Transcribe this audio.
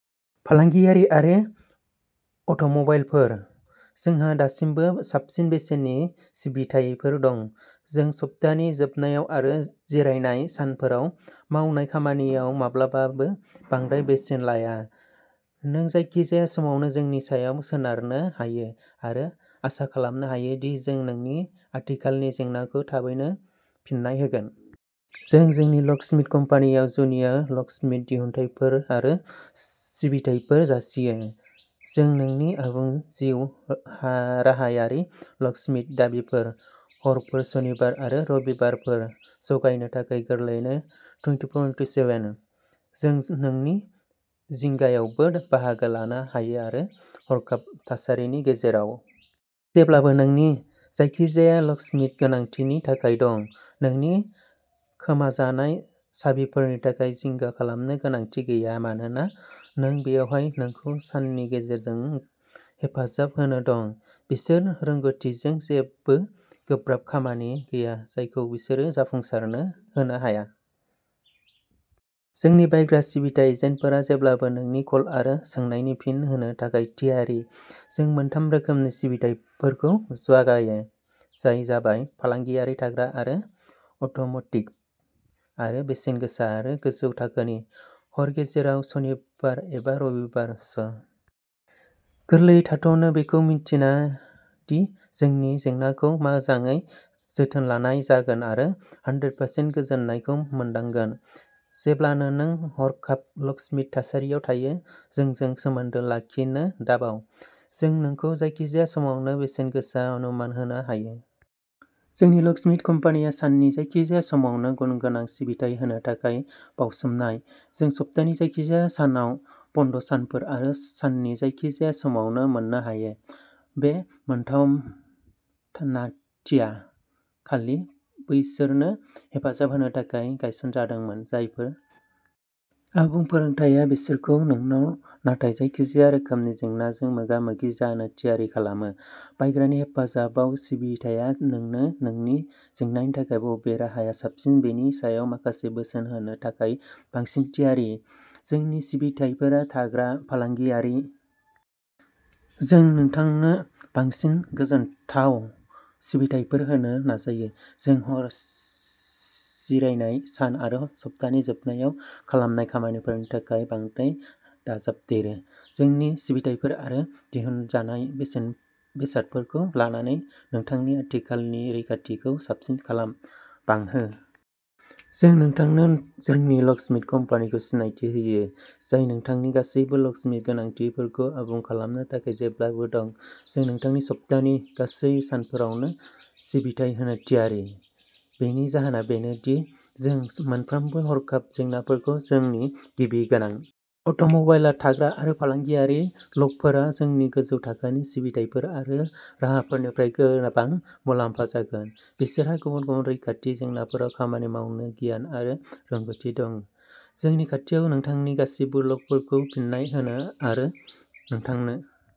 फालांगियारि आरो अट'मबाइलफोर। जोंहा दासिमबो साबसिन बेसेननि सिबिथायफोर दं। जों सप्तानि जोबनायाव आरो जिरायनाय सानफोराव मावनाय खामानियाव माब्लाबाबो बांद्राय बेसेन लाया। नों जायखिजाया समावनो जोंनि सायाव सोनारनो हायो आरो आसा खालामनो हायो दि जों नोंनि आथिखालनि जेंनाखौ थाबैनो फिन्नाय होगोन। जों जोंनि लकस्मिथ कम्पानिआव जुनिया लकस्मिथ दिहुनथायफोर आरो सिबिथाइफोर जासियो। जों नोंनि आबुं जिउराहायारि लकस्मिथ दाबिफोर, हरफोर, सनिबार आरो रबिबारफोर जगायनो थाखाय गोरलैयैनो नैजिब्रै/ स्नि। जों नोंनि जिंगायावबो बाहागो लानो हायो आरो हरखाब थासारिनि गेजेरावबो साबसिन राहा होनो प्रतिज्ञा खालामो। जों जेब्लाबो नोंनि जायखिजाया लकस्मिथ गोनांथिनि थाखाय दं, नोंनि खोमाजानाय साबिफोरनि थाखाय जिंगा खालामनो गोनांथि गैया मानोना जों बेवहाय नोंखौ साननि गेजेरजों हेफाजाब होनो दं। बिसोरनि रोंग'थिजों, जेबो गोब्राब खामानि गैया जायखौ बिसोरो जाफुंसारहोनो हाया। जोंनि बायग्रा सिबिथाइ एजेन्टफोरा जेब्लाबो नोंनि कल आरो सोंनायनि फिन होनो थाखाय थियारि। जों मोनथाम रोखोमनि सिबिथाइफोरखौ जगायो जाय जाबाय; फालांगियारि, थाग्रा आरो अट'म'टिभ। बेफोर बेसेनगोसा आरो गोजौ थाखोनि। हर गेजेराव, सनिबार एबा रबिबारनि समाव फोजोबजानाय सिबिथायनि थाखाय जेबो दाजाबदेरनाय मासुल गैया। गोरलैयै थाथ'नो, बेखौ मिन्थिना दि नोंनि जेंनाखौ मोजाङै जोथोन लानाय जागोन आरो जौसे% गोजोननायखौ मोनदांगोन। जेब्लानो नों हरखाब लकस्मिथ थासारियाव थायो, जोंजों सोमोन्दो लाखिनो दाबाव। जों नोंखौ जायखिजाया समावनो बेसेनगोसा अनुमान होनो हायो। जोंनि लकस्मिथ कम्पानिया साननि जायखिजाया समावनो गुनगोनां सिबिथाइ होनो थाखाय बावसोमनाय। जों सप्तानि जायखिजाया सानाव, बन्द'सानफोर आरो साननि जायखिजाया समावनो मोननो हायो। बे मोनथावनाथिया खालि बैसोरनो हेफाजाब होनो थाखाय गायसनजादोंमोन जायफोरा हर गेजेराव सानदांथि गैयै लक जेंनाफोरजों मोगा-मोगि जायो। आबुं फोरोंथाया बिसोरखौ नोंनाव थानाय जायखिजाया रोखोमनि जेंनाजों मोगा-मोगि जानो थियारि खालामो। बायग्रानि हेफाजाब सिबिथाया नोंनो नोंनि जेंनानि थाखाय बबे राहाया साबसिन बेनि सायाव माखासे बोसोन होनो थाखाय बांसिन थियारि। जोंनि सिबिथायफोरा थाग्रा, फालांगियारि आरो अट'मबाइलफोरखौ लाफायो। जों नोंथांनो बांसिन गोजोनथाव सिबिथाइफोर होनो नाजायो। जों हर, जिरायनाय सान आरो सप्तानि जोबनायाव खालामनाय खामानिफोरनि थाखाय बांद्राय दाजाबदेरो। जोंनि सिबिथाइफोर आरो दिहुनजानाय बेसादफोरखौ लानानै नोंथांनि आथिखालनि रैखाथिखौ साबसिन खालाम, बांहो आरो जौगाहो। जों नोंथांनो जोंनि लकस्मिथ कम्पानिखौ सिनायथि होयो, जाय नोंथांनि गासैबो लकस्मिथ गोनांथिफोरखौ आबुं खालामनो थाखाय जेब्लाबो दं। जों नोंथांनो सप्तानि गासै सानफोरावनो सिबिथाइ होनो थियारि। बेनि जाहोना बेनो दि जों मोनफ्रोमबो हरखाब जेंनाफोरखौ जोंनि गिबि गोनांथि खालामो आरो जों नोंथांनि रैखाथि आरो रैखाथिनि थाखाय जोबोद जिंगा लायो। अट'मबाइल, थाग्रा आरो फालांगियारि लकफोरा जोंनि गोजौ थाखोनि सिबिथाइफोर आरो राहाफोरनिफ्राय गोबां मुलाम्फा जागोन। बिसोरहा गुबुन गुबुन रैखाथि जेंनाफोराव खामानि मावनो गियान आरो रोंग'थि दं। जोंनि खाथियाव नोंथांनि गासिबो कलफोरखौ फिन्नाय होनो आरो नोंथांनो बोसोनफोर होनो थाखाय ग्राहक सिबिथाइ एजेन्टफोरबो दं, जायखौ नोंथाङा सानना लानोबो हायो। लकस्मिथ सिबिथाइफोर।